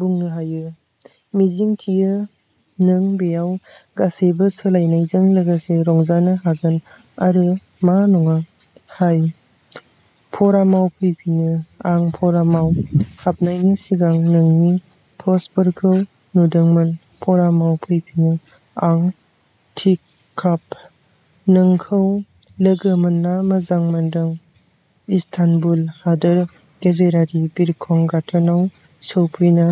बुंनो हायो। मिजिंथियो नों बेयाव गासैबो सोलायनायजों लोगोसे रंजानो हागोन आरो मा नङा। हाय, फरामाव फैफिनो। आं फरामाव हाबनायनि सिगां नोंनि पस्टफोरखौ नुदोंमोन। फरामाव फैफिनो। आं टीकाप। नोंखौ लोगो मोनना मोजां मोनदों। इस्तानबुल हादोर गेजेरारि बिरखं गाथोनाव सौफैना,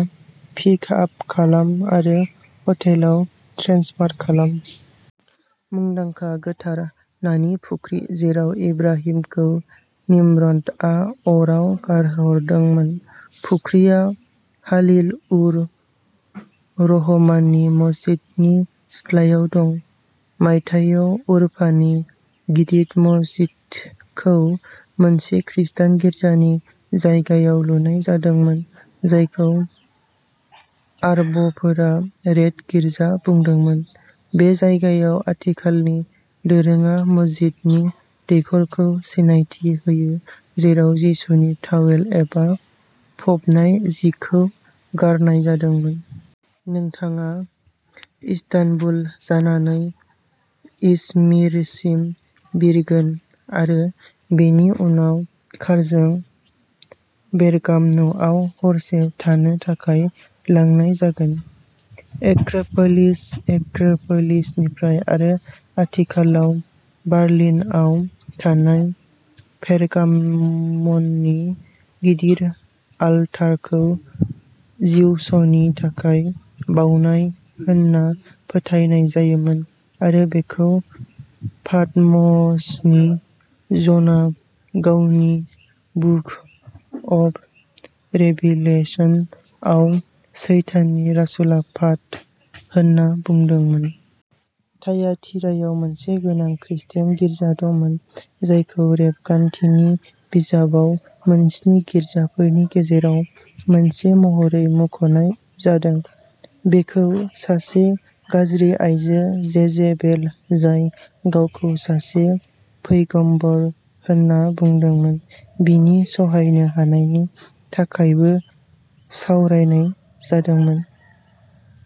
पिक आप खालाम आरो हटेलाव ट्रेन्सफार खालाम। मुंदांखा गोथार नानि फुख्रि जेराव इब्राहिमखौ निम्र'दआ अराव गारहरदोंमोन। फुख्रिया हालिल-उर-रहमाननि मस्जिदनि सिथलायाव दं। मायथाइयाव उरफानि गिदिर मस्जिदखौ मोनसे खृस्टान गिर्जानि जायगायाव लुनाय जादोंमोन, जायखौ आरबफोरा "रेड गिर्जा" बुंदोंमोन। बे जायगायाव आथिखालनि दोरोङा मस्जिदनि दैखरखौ सिनायथि होयो जेराव जिसुनि तावेल एबा फबनाय जि खौ गारनाय जादोंमोन। नोंथाङा इस्तानबुल जानानै इजमिरसिम बिरगोन आरो बेनि उनाव कारजों पेरगाम'नआव हरसे थानो थाखाय लांनाय जागोन। एक्रोपोलिस एक्रोपोलिसनिफ्राय आरो आथिखालाव बार्लिनआव थानाय पेरगाम'ननि गिदिर आलतारखौ जिउसनि थाखाय बावनाय होनना फोथायनाय जायोमोन आरो बेखौ पाटम'सनि ज'ना गावनि बुक अफ रेभिलेशन आव "सैताननि राजउलाफाद" होन्ना बुंदोंमोन। थायातिरायाव मोनसे गोनां खृस्टान गिर्जा दंमोन, जायखौ रेबगान्थिनि बिजाबाव मोनस्नि गिर्जाफोरनि गेजेराव मोनसे महरै मुंख'नाय जादों। बेखौ सासे गाज्रि आइजो, जेजेबेल, जाय गावखौ सासे पैगम्बर होनना बुंदोंमोन, बिनि सहायनो हानायनि थाखायबो सावरायनाय जादोंमोन।